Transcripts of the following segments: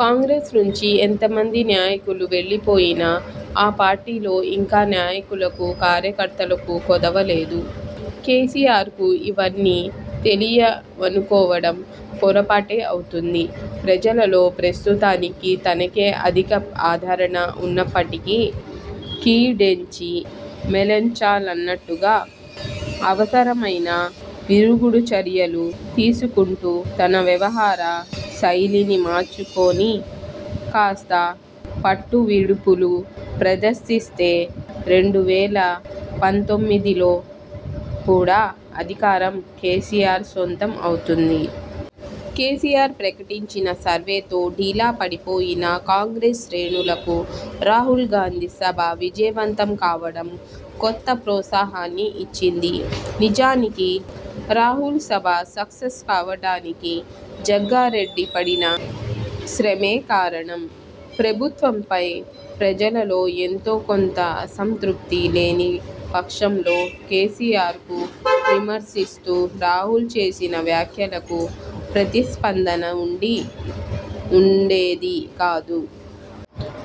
కాంగ్రెస్ నుంచి ఎంత మంది నాయకులు వెళ్లిపోయినా ఆ పార్టీలో ఇంకా నాయకులకు, కార్యకర్తలకు కొదవ లేదు. కేసీఆర్కు ఇవన్నీ తెలియవనుకోవడం పొరపాటే అవుతుంది. ప్రజలలో ప్రస్తుతానికి తనకే అధిక ఆదరణ ఉన్నప్పటికీ, కీడెంచి మేలెంచాలన్నట్టుగా అవసరమైన విరుగుడు చర్యలు తీసుకుంటూ తన వ్యవహార శైలిని మార్చుకుని, కాస్త పట్టువిడుపులు ప్రదర్శిస్తే రెండు వేల పంతొమ్మిదిలో కూడా అధికారం కేసీఆర్ సొంతం అవుతుంది! కేసీఆర్ ప్రకటించిన సర్వేతో డీలా పడిపోయిన కాంగ్రెస్ శ్రేణులకు రాహుల్ గాంధీ సభ విజయవంతం కావడం కొత్త ఉత్సాహాన్ని ఇచ్చింది. నిజానికి రాహుల్ సభ సక్సెస్ కావడానికి జగ్గారెడ్డి పడిన శ్రమే కారణం! ప్రభుత్వంపై ప్రజలలో ఎంతో కొంత అసంతృప్తి లేని పక్షంలో కేసీఆర్ను విమర్శిస్తూ రాహుల్ చేసిన వ్యాఖ్యలకు ప్రతిస్పందన ఉండి ఉండేది కాదు.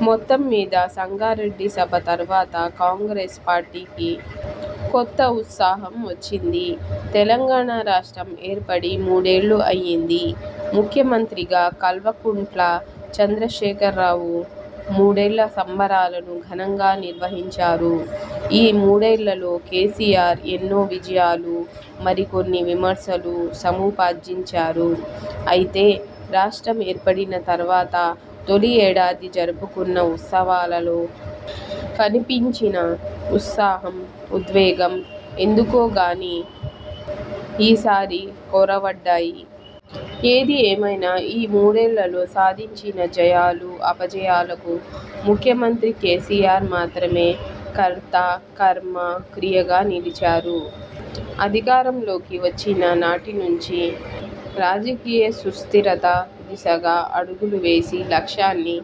మొత్తంమీద సంగారెడ్డి సభ తర్వాత కాంగ్రెస్ పార్టీకి కొత్త ఉత్సాహం వచ్చింది. తెలంగాణ రాష్ట్రం ఏర్పడి మూడేళ్లు అయ్యింది. ముఖ్యమంత్రిగా కల్వకుంట్ల చంద్రశేఖరరావు మూడేళ్ల సంబురాలను ఘనంగా నిర్వహించారు. ఈ మూడేళ్లలో కేసీఆర్ ఎన్నో విజయాలు, మరికొన్ని విమర్శలు సముపార్జించారు. అయితే రాష్ట్రం ఏర్పడిన తర్వాత తొలి ఏడాది జరుపుకొన్న ఉత్సవాలలో కనిపించిన ఉత్సాహం, ఉద్వేగం ఎందుకో గానీ ఈసారి కొరవడ్డాయి. ఏది ఏమైనా ఈ మూడేళ్లలో సాధించిన జయాలు, అపజయాలకు ముఖ్యమంత్రి కేసీఆర్ మాత్రమే కర్త, కర్మ, క్రియగా నిలిచారు. అధికారంలోకి వచ్చిన నాటి నుంచీ రాజకీయ సుస్థిరత దిశగా అడుగులు వేసి లక్ష్యాన్ని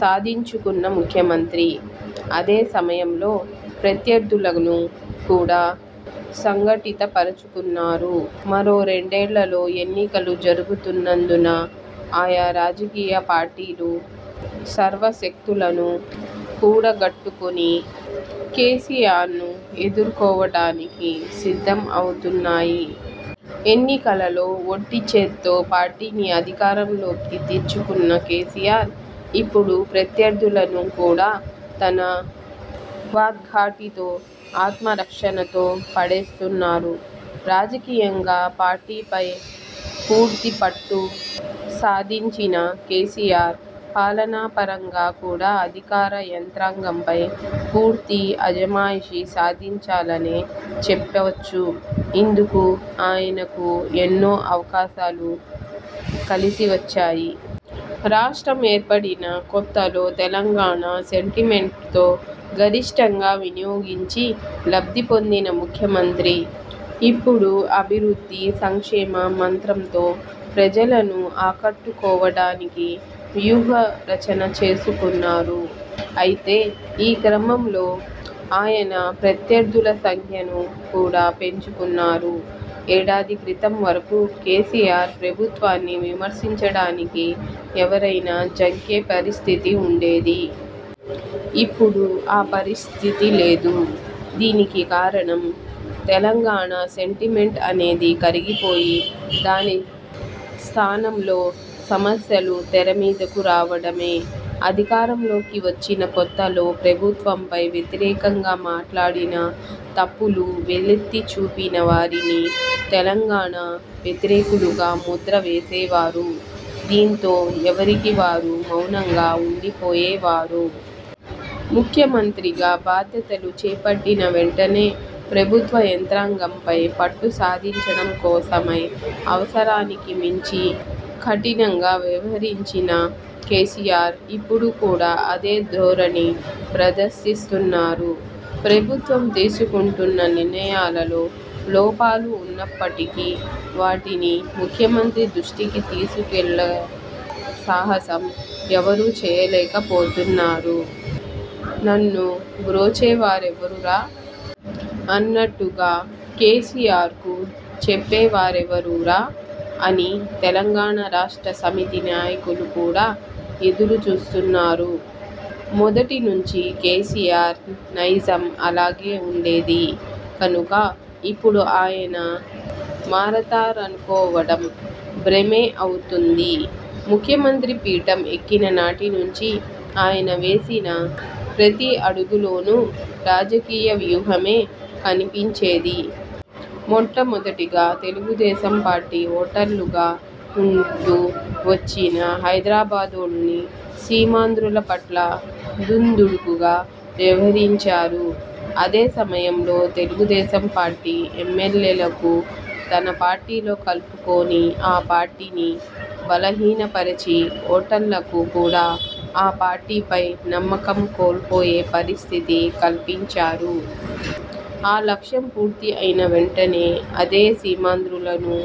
సాధించుకున్న ముఖ్యమంత్రి.. అదే సమయంలో ప్రత్యర్థులను కూడా సంఘటితపరుచుకున్నారు. మరో రెండేళ్లలో ఎన్నికలు జరుగుతున్నందున ఆయా రాజకీయ పార్టీలు సర్వశక్తులనూ కూడగట్టుకుని కేసీఆర్ను ఎదుర్కోవడానికి సిద్ధం అవుతున్నాయి. ఎన్నికలలో ఒంటి చేత్తో పార్టీని అధికారంలోకి తెచ్చుకున్న కేసీఆర్ ఇప్పుడు ప్రత్యర్థులను కూడా తన వాగ్దాటితో ఆత్మరక్షణలో పడేస్తున్నారు. రాజకీయంగా పార్టీపై పూర్తి పట్టు సాధించిన కేసీఆర్, పాలనాపరంగా కూడా అధికార యంత్రాంగంపై పూర్తి అజమాయిషీ సాధించారనే చెప్పవచ్చు. ఇందుకు ఆయనకు ఎన్నో అవకాశాలు కలిసి వచ్చాయి. రాష్ట్రం ఏర్పడిన కొత్తలో తెలంగాణ సెంటిమెంట్ను గరిష్ఠంగా వినియోగించి లబ్ధిపొందిన ముఖ్యమంత్రి ఇప్పుడు అభివృద్ధి- సంక్షేమ మంత్రంతో ప్రజలను ఆకట్టుకోవడానికి వ్యూహరచన చేసుకున్నారు. అయితే ఈ క్రమంలో ఆయన ప్రత్యర్థుల సంఖ్యను కూడా పెంచుకున్నారు. ఏడాది క్రితం వరకు కేసీఆర్ ప్రభుత్వాన్ని విమర్శించడానికి ఎవరైనా జంకే పరిస్థితి ఉండేది. ఇప్పుడు ఆ పరిస్థితి లేదు. దీనికి కారణం తెలంగాణ సెంటిమెంట్ అనేది కరిగిపోయి దాని స్థానంలో సమస్యలు తెర మీదకు రావడమే! అధికారంలోకి వచ్చిన కొత్తలో ప్రభుత్వంపై వ్యతిరేకంగా మాట్లాడినా, తప్పులు వేలెత్తి చూపినా వారిని తెలంగాణ వ్యతిరేకులుగా ముద్ర వేసేవారు. దీంతో ఎవరికివారు మౌనంగా ఉండిపోయేవారు. ముఖ్యమంత్రిగా బాధ్యతలు చేపట్టిన వెంటనే ప్రభుత్వ యంత్రాంగంపై పట్టు సాధించడం కోసమై అవసరానికి మించి కఠినంగా వ్యవహరించిన కేసీఆర్, ఇప్పుడు కూడా అదే ధోరణి ప్రదర్శిస్తున్నారు. ప్రభుత్వం తీసుకుంటున్న నిర్ణయాలలో లోపాలు ఉన్నప్పటికీ వాటిని ముఖ్యమంత్రి దృష్టికి తీసుకువెళ్లే సాహసం ఎవరూ చేయలేకపోతున్నారు. నను బ్రోచేవారెవరురా! అన్నట్టుగా 'కేసీఆర్కు చెప్పేవారెవరురా' అని తెలంగాణ రాష్ట్ర సమితి నాయకులు కూడా ఎదురుచూస్తున్నారు. మొదటి నుంచీ కేసీఆర్ నైజం అలాగే ఉండేది కనుక ఇప్పుడు ఆయన మారతారనుకోవడం భ్రమే అవుతుంది. ముఖ్యమంత్రి పీఠం ఎక్కిన నాటి నుంచి ఆయన వేసిన ప్రతి అడుగులోనూ రాజకీయ వ్యూహమే కనిపించేది. మొట్టమొదటిగా తెలుగుదేశం పార్టీ ఓటర్లుగా ఉంటూ వచ్చిన హైదరాబాద్లోని సీమాంధ్రుల పట్ల దుందుడుకుగా వ్యవహరించారు. అదే సమయంలో తెలుగుదేశం పార్టీ ఎమ్మెల్యేలను తన పార్టీలో కలుపుకొని ఆ పార్టీని బలహీనపరచి, ఓటర్లకు కూడా ఆ పార్టీపై నమ్మకం కోల్పోయే పరిస్థితి కల్పించారు. ఆ లక్ష్యం పూర్తి అయిన వెంటనే అదే సీమాంధ్రులను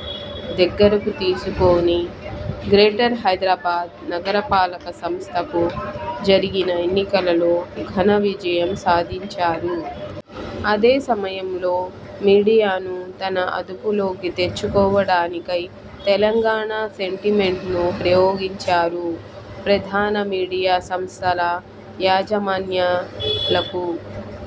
దగ్గరకు తీసుకొని గ్రేటర్ హైదరాబాద్ నగర పాలక సంస్థకు జరిగిన ఎన్నికలలో ఘన విజయం సాధించారు. అదే సమయంలో మీడియాను తన అదుపులోకి తెచ్చుకోవడానికై తెలంగాణ సెంటిమెంట్ను ప్రయోగించారు. ప్రధాన మీడియా సంస్థల యాజమాన్యాలకు